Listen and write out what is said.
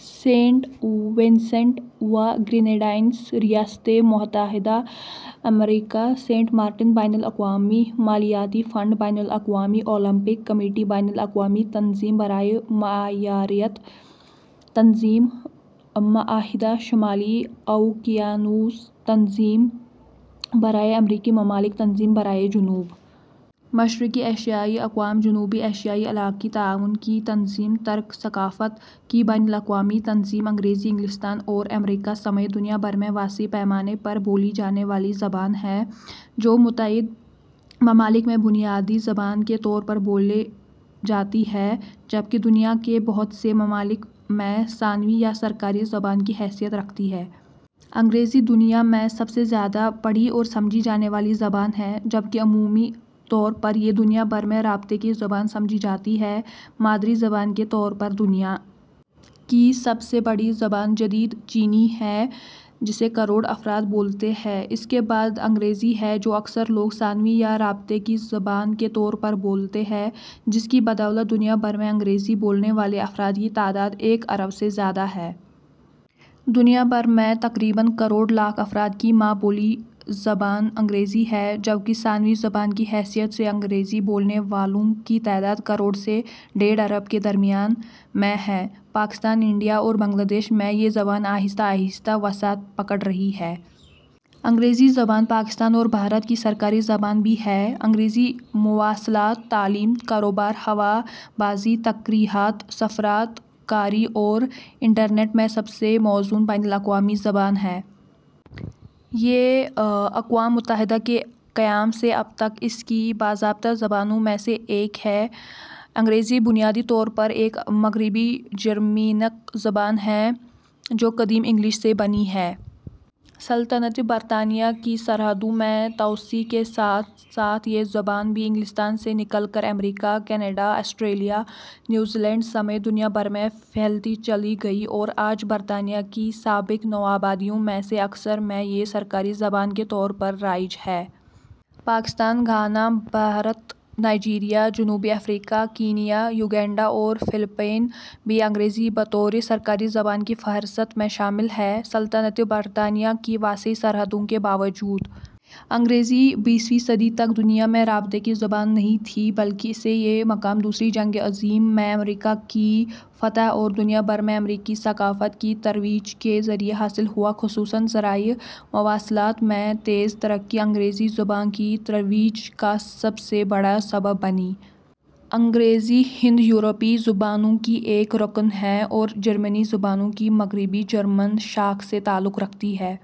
Saint Vincent و Grenadines ریاستہائے متحدہ امریکا سنٹ مارٹن بین الاقوامی مالیاتی فنڈ بین الاقوامی اولمپک کمیٹی بین الاقوامی تنظیم برائے معیاریت تنظیم معاہدہ شمالی اوقیانوس تنظیم برائے امریکی ممالک تنظیم برائے جنوب مشرقی ایشیائی اقوام جنوبی ایشیائی علاقائی تعاون کی تنظیم ترک ثقافت کی بین الاقوامی تنظیم انگریزی انگلستان اور امریکا سمیت دنیا بھر میں وسیع پیمانے پر بولی جانے والی زبان ہے، جو متعدد ممالک میں بنیادی زبان کے طور پر بولی جاتی ہے، جبکہ دنیا کے بہت سے ممالک میں ثانوی یا سرکاری زبان کی حیثیت رکھتی ہے۔ انگریزی دنیا میں سب سے زیادہ پڑھی اور سمجھی جانے والی زبان ہے، جبکہ عمومی طور پر یہ دنیا بھر میں رابطے کی زبان سمجھی جاتی ہے۔ مادری زبان کے طور پر دنیا کی سب سے بڑی زبان جدید چینی ہے، جسے کروڑ افراد بولتے ہیں، اس کے بعد انگریزی ہے جو اکثر لوگ ثانوی یا رابطے کی زبان کے طور پر بولتے ہیں، جس کی بدولت دنیا بھر میں انگریزی بولنے والے افراد کی تعداد ایک ارب سے زیادہ ہے۔ دنیا بھر میں تقریباً کروڑ لاکھ افراد کی ماں بولی زبان انگریزی ہے، جبکہ ثانوی زبان کی حیثیت سے انگریزی بولنے والوں کی تعداد کروڑ سے ڈیڑھ ارب کے درمیان میں ہے۔ پاکستان ، انڈیا اور بنگلہ دیش میں یہ زبان آہستہ آہستہ وسعت پکڑ رہی ہے۔ انگریزی زبان پاکستان اور بھارت کی سرکاری زبان بھی ہے۔ انگریزی مواصلات ، تعلیم ، کاروبار ، ہوا بازی ، تفریحات، سفارت کاری اور انٹرنیٹ میں سب سے موزوں بین الاقوامی زبان ہے۔ یہ ء، میں اقوام متحدہ کے قیام سے اب تک اس کی باضابطہ زبانوں میں سے ایک ہے۔ انگریزی بنیادی طور پر ایک مغربی جرمینک زبان ہے، جو قدیم انگلش سے بنی ہے۔ سلطنتِ برطانیہ کی سرحدوں میں توسیع کے ساتھ ساتھ یہ زبان بھی انگلستان سے نکل کر امریکا ، کینیڈا ، آسٹریلیا ، نیوزی لینڈ سمیت دنیا بھر میں پھیلتی چلی گئی اور آج برطانیہ کی سابق نو آبادیوں میں سے اکثر میں یہ سرکاری زبان کے طور پر رائج ہے۔ پاکستان ، گھانا ، بھارت ، نائجیریا ، جنوبی افریقا ، کینیا ، یوگینڈا اور فلپائن بھی انگریزی بطور سرکاری زبان کی فہرست میں شامل ہیں۔ سلطنتِ برطانیہ کی وسیع سرحدوں کے باوجود انگریزی بیسویں صدی تک دنیا میں رابطے کی زبان نہیں تھی، بلکہ اسے یہ مقام دوسری جنگ عظیم میں امریکا کی فتح اور دنیا بھر میں امریکی ثقافت کی ترویج کے ذریعے حاصل ہوا، خصوصاً ذرائع مواصلات میں تیز ترقی انگریزی زبان کی ترویج کا سب سے بڑا سبب بنی۔ انگریزی ہند-یورپی زبانوں کی ایک رکن ہے اور جرمنی زبانوں کی مغربی جرمن شاخ سے تعلق رکھتی ہے۔